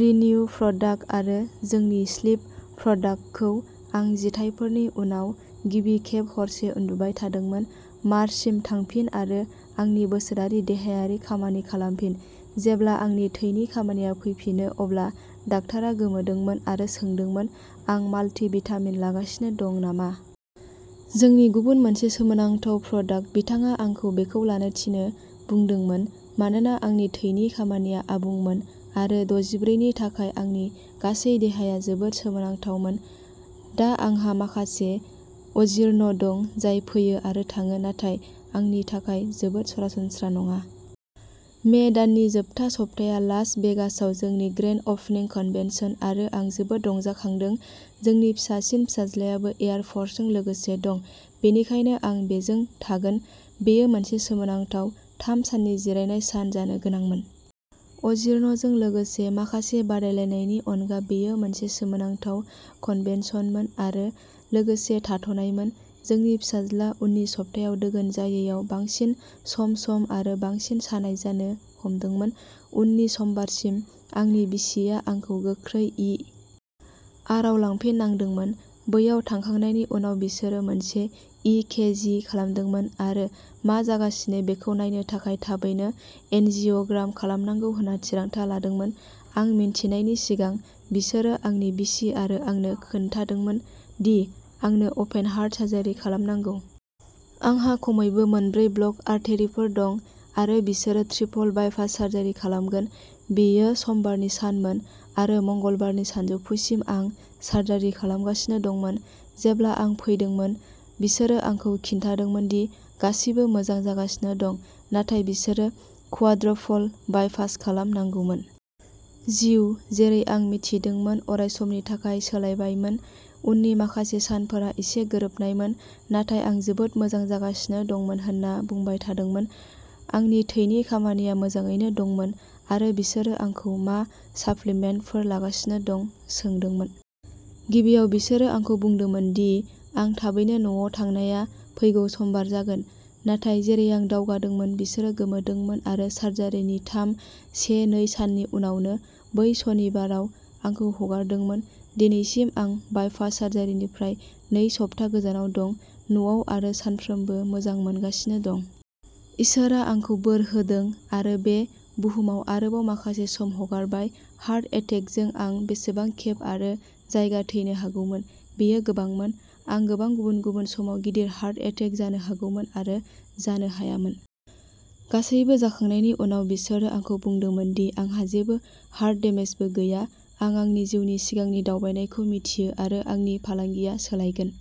Renew product आरो जोंनि slip प्रडाक्टखौ आं जिथाइफोरनि उनाव गिबि खेब हरसे उन्दुबाय थादोंमोन। मार्चसिम थांफिन आरो आंनि बोसोरारि देहायारि खामानि खालामफिन। जेब्ला आंनि थैनि खामानिया फैफिनो, अब्ला डाक्टारा गोमोदोंमोन आरो सोंदोंमोन आं माल्टि-भिटामिन लागासिनो दं नामा। जोंनि गुबुन मोनसे सोमोनांथाव प्रडाक्ट। बिथाङा आंखौ बेखौ लानो थिनो बुंदोंमोन मानोना आंनि थैनि खामानिया आबुंमोन आरो दजिब्रै नि थाखाय आंनि गासै देहाया जोबोद सोमोनांथावमोन। दा आंहा माखासे अजीर्ण दं जाय फैयो आरो थाङो नाथाय आंनि थाखाय जोबोद सरासनस्रा नङा। मे दाननि जोबथा सप्ताया लास भेगासआव जोंनि ग्रेन्ड ओपनिं कन्भेन्सन, आरो आं जोबोद रंजाखांदों। जोंनि फिसासिन फिसाज्लायाबो एयार फर्सजों लोगोसे दं, बेनिखायनो आं बेजों थागोन। बेयो मोनसे सोमोनांथाव थाम साननि जिरायनाय सान जानो गोनांमोन। अजीर्णजों लोगोसे माखासे बादायलायनायनि अनगा बेयो मोनसे सोमोनांथाव कन्भेन्सनमोन आरो लोगोसे थाथ'नायमोन। जोंनि फिसाज्ला। उननि सप्तायाव दोगोन जायैयाव बांसिन सम सम आरो बांसिन सानाय जानो हमदोंमोन। उननि समबारसिम, आंनि बिसिया आंखौ गोख्रै इ आर. आव लांफिननांदोंमोन। बैयाव थांखांनायनि उनाव बिसोरो मोनसे इ के जि खालामदोंमोन आरो मा जागासिनो बेखौ नायनो थाखाय थाबैनो एन्जियोग्राम खालामनांगौ होनना थिरांथा लादोंमोन। आं मिन्थिनायनि सिगां, बिसोरो आंनि बिसि आरो आंनो खिन्थादोंमोन दि आंनो अपेन हार्ट सार्जारि खालामनांगौ। आंहा खमैबो मोनब्रै ब्ल'क आर्टेरिफोर दं, आरो बिसोरो ट्रिपल बाइपास सार्जारि खालामगोन। बेयो समबारनि सानमोन, आरो मंगलबारनि सानजौफुसिम आं सार्जारि खालामगासिनो दंमोन। जेब्ला आं फैदोंमोन, बिसोरो आंखौ खिन्थादोंमोन दि गासिबो मोजां जागासिनो दं, नाथाय बिसोरो क्वाड्रपल बाइपास खालामनांगौमोन। जिउ, जेरै आं मिथिदोंमोन, अरायसमनि थाखाय सोलायबायमोन। उननि माखासे सानफोरा एसे गोरोबनायमोन, नाथाय आं जोबोद मोजां जागासिनो दंमोन होनना बुंबाय थादोंमोन। आंनि थैनि खामानिया मोजाङैनो दंमोन, आरो बिसोरो आंखौ मा साप्लिमेन्टफोर लागासिनो दं सोंदोंमोन। गिबियाव, बिसोरो आंखौ बुंदोंमोन दि आं थाबैनो न'आव थांनाया फैगौ समबार जागोन। नाथाय, जेरै आं दावगादोंमोन, बिसोरो गोमोदोंमोन आरो सार्जारिनि थाम से नै साननि उनावनो बै सनिबाराव आंखौ हगारदोंमोन। दिनैसिम आं बाइपास सार्जारिनिफ्राय नै सप्ता गोजानाव दं, न'आव आरो सानफ्रोमबो मोजां मोनगासिनो दं। इसोरआ आंखौ बोर होदों आरो बे बुहुमाव आरोबाव माखासे सम हगारबाय। हार्ट एटेकजों आं बेसेबां खेब आरो जायगा थैनो हागौमोन बेयो गोबांमोन। आं गोबां गुबुन-गुबुन समाव गिदिर हार्ट एटेक जानो हागौमोन आरो जानो हायामोन। गासैबो जाखांनायनि उनाव, बिसोरो आंखौ बुंदोंमोन दि आंहा जेबो हार्ट डेमेजबो गैया। आं आंनि जिउनि सिगांनि दावबायनायखौ मिथियो, आरो आंनि फालांगिया सोलायगोन।